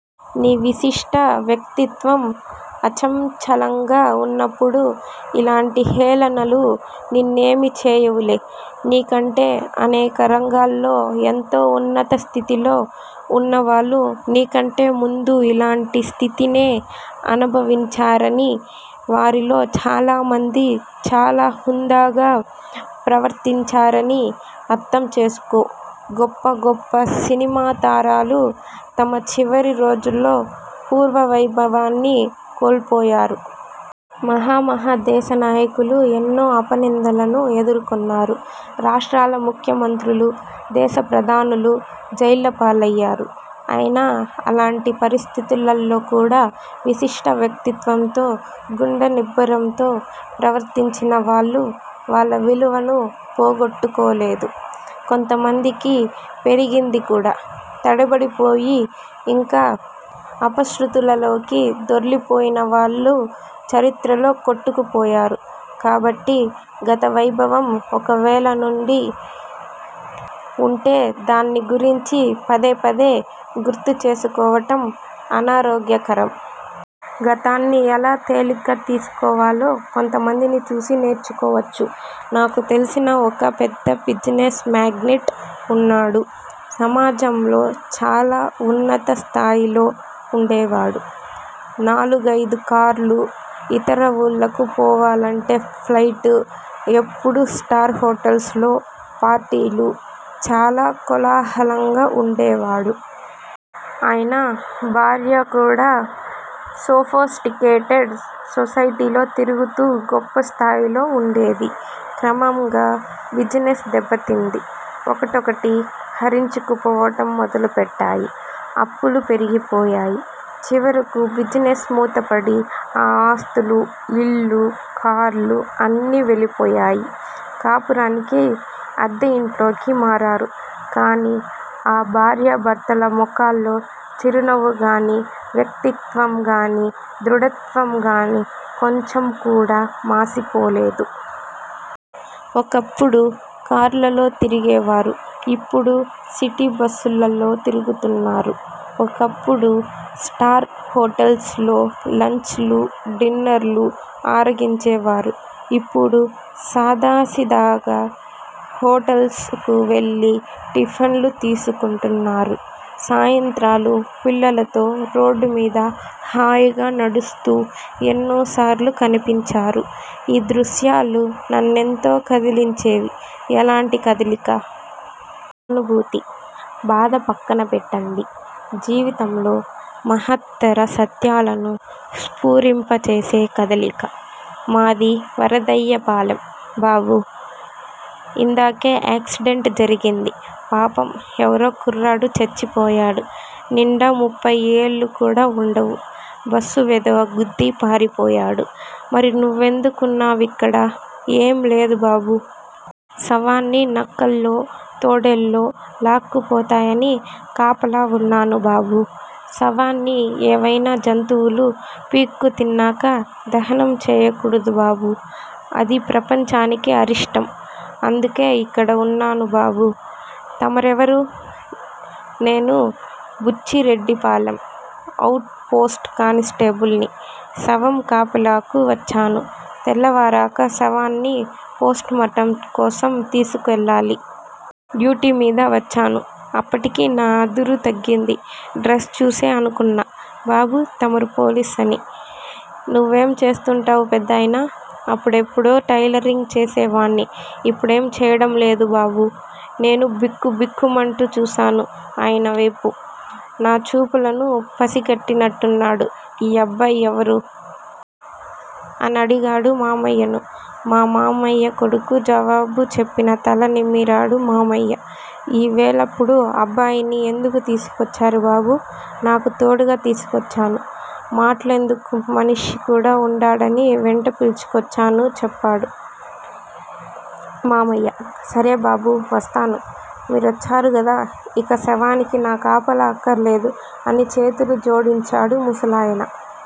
నీ విశిష్ట వ్యక్తిత్వం అచంచలంగా వున్నప్పుడు, ఇలాంటి హేళనలు నిన్నేమీ చేయవులే. నీకంటే అనేకరంగాల్లో ఎంతో ఉన్నతస్థితిలో వున్నవాళ్ళు నీకంటే ముందు ఇలాంటి స్థితినే అనుభవించారనీ, వారిలో చాలామంది చాలా హుందాగా ప్రవర్తించారనీ అర్ధంచేసుకో. గొప్ప గొప్ప సినిమాతారలు తమ చివరి రోజుల్లో పూర్వవైభవాన్ని కోల్పోయారు. మహా మహా దేశనాయకులు ఎన్నో అపనిందలను ఎదుర్కొన్నారు. రాష్ట్రాల ముఖ్య మంత్రులు, దేశప్రధానులు జైళ్ళపాలయ్యారు. అయినా అలాంటి పరిస్థితులలోకూడా విశిష్ట వ్యక్తిత్వంతో, గుండెనిబ్బరంతో ప్రవర్తించిన వాళ్ళు, వాళ్ళ విలువలలు పోగొట్టు కోలేదు. కొంతమందికి పెరిగింది కూడా. తడబడిపోయి ఇంకా అపశ్రుతులలోకి దొర్లిపోయినవాళ్ళు చరిత్రలో కొట్టుకుపోయారు. కాబట్టి గతవైభవం ఒకవేళ వుండి వుంటే దాన్నిగురించి పదేపదే గుర్తుచేసుకోవటం అనారోగ్యకరం. గతాన్ని ఎలా తేలిగ్గా తీసుకోవాలో కొంతమందిని చూసి నేర్చుకోవచ్చు. నాకు తెలిసిన ఒక పెద్ద బిజినెస్ మేగ్నెట్ వున్నాడు. సమాజంలో చాలా ఉన్నత స్థాయిలో వుండేవాడు. నాలుగైదు కార్లు, ఇతర ఊళ్ళకు పోవాలంటే ఫ్లైట్లు ఎప్పుడూ స్టార్ హోటల్స్ లో పార్టీలు, చాలా కోలాహలంగా వుండేవాడు. ఆయన భార్య కూడా సోఫిస్టికేటెడ్ సొసైటీలో తిరుగుతూ గొప్పస్థాయిలో వుండేది. క్రమంగా బిజినెస్ దెబ్బతింది. ఒకటొక్కటీ హరించుకుపోవటం మొదలుపెట్టాయి. అప్పులు పెరిగిపోయాయి. చివరకు బిజినెస్ మూతపడి, ఆ ఆస్తులూ, ఇళ్ళూ, కార్లూ అన్నీ వెళ్ళిపోయాయి. కాపురానికి అద్దెఇంట్లోకి మారారు. కాని ఆ భార్యాభర్తల ముఖాల్లో చిరునవ్వుగానీ, వ్యక్తిత్వం గానీ, దృఢత్వంగానీ కొంచెంకూడా మాసిపోలేదు. ఒకప్పుడు కార్లలో తిరిగేవారు. ఇప్పుడు సిటీబస్సులలో తిరుగుతున్నారు. ఒకప్పుడు స్టార్ హోటల్స్ లో లంచ్ లూ, డిన్నర్లూ ఆరగించేవారు. ఇప్పుడు సాదాసీదాగా హోటల్స్ కు వెళ్ళి టిఫిన్లు తీసుకుంటున్నారు. సాయంత్రాలు పిల్లలతో రోడ్డుమీద హాయిగా నడుస్తూ ఎన్నోసార్లు కనిపించారు. ఈ దృశ్యాలు నన్నెంతో కదిలించేవి. ఎలాంటి కదలిక? సానుభూతీ, బాధా పక్కన పెట్టండి. జీవితంలో మహత్తర సత్యాలను స్ఫురింపచేసే 'కదలిక'. మాది వరదయ్యపాలెం బాబూ! ఇందాకే యాక్సిడెంట్ జరిగింది పాపం ఎవరో కుర్రాడు చచ్చిపోయాడు. నిండా ముప్పై ఏళ్ళు కూడా వుండవు. బస్సు వెధవ గుద్ది పారిపోయాడు. మరి నువ్వెందుకున్నావిక్కడ? ఏం లేదు బాబూ. శవాన్ని నక్కలో, తోడేళ్లో లాక్కుపోతాయని కాపలా వున్నాను బాబూ. శవాన్ని ఏవైనా జంతువులు పీక్కుతిన్నాక దహనం చేయకూడదు బాబూ. అది ప్రపంచానికి అరిష్టం. అందుకే ఇక్కడ వున్నాను బాబూ. తమరెవరు? నేను బుచ్చిరెడ్డిపాలెం ఔట్ పోస్ట్ కానిస్టేబుల్ ని. శవం కాపలాకు వచ్చాను. తెల్లవారాక శవాన్ని పోస్ట్ మార్టం కోసం తీసుకెళ్ళాలి. డ్యూటీమీద వచ్చాను అప్పటికి నా అదురు తగ్గింది. డ్రస్ చూసే అనుకున్నా బాబూ తమరు పోలీసని. నువ్వేం చేస్తుంటావ్ పెద్దాయనా? అప్పుడెప్పుడో టైలరింగ్ చేసేవాడ్ని. ఇప్పుడేం చేయడం లేదు బాబూ. నేను బిక్కు బిక్కుమంటూ చూశాను ఆయనవేపు. నా చూపులను పసిగట్టినట్టున్నాడు ఈ అబ్బాయ్ ఎవరు? అనడిగాడు మామయ్యను. మా మామయ్య కొడుకు జవాబు చెప్పినా తల నిమిరాడు మామయ్య. ఈ వేళప్పుడు అబ్బాయిని ఎందుకు తీసుకొచ్చారు బాబూ? నాకు తోడుగా తీసుకొచ్చాను. మాట్లాడేందుకు మనిషి కూడా వుండడని వెంట పిలుచుకొచ్చాను చెప్పాడు మామయ్య. సరే బాబూ! వస్తాను. మీరొచ్చారు గదా. ఇక శవానికి నా కాపలా అక్కర్లేదు అని చేతులు జోడించాడు ముసలాయన.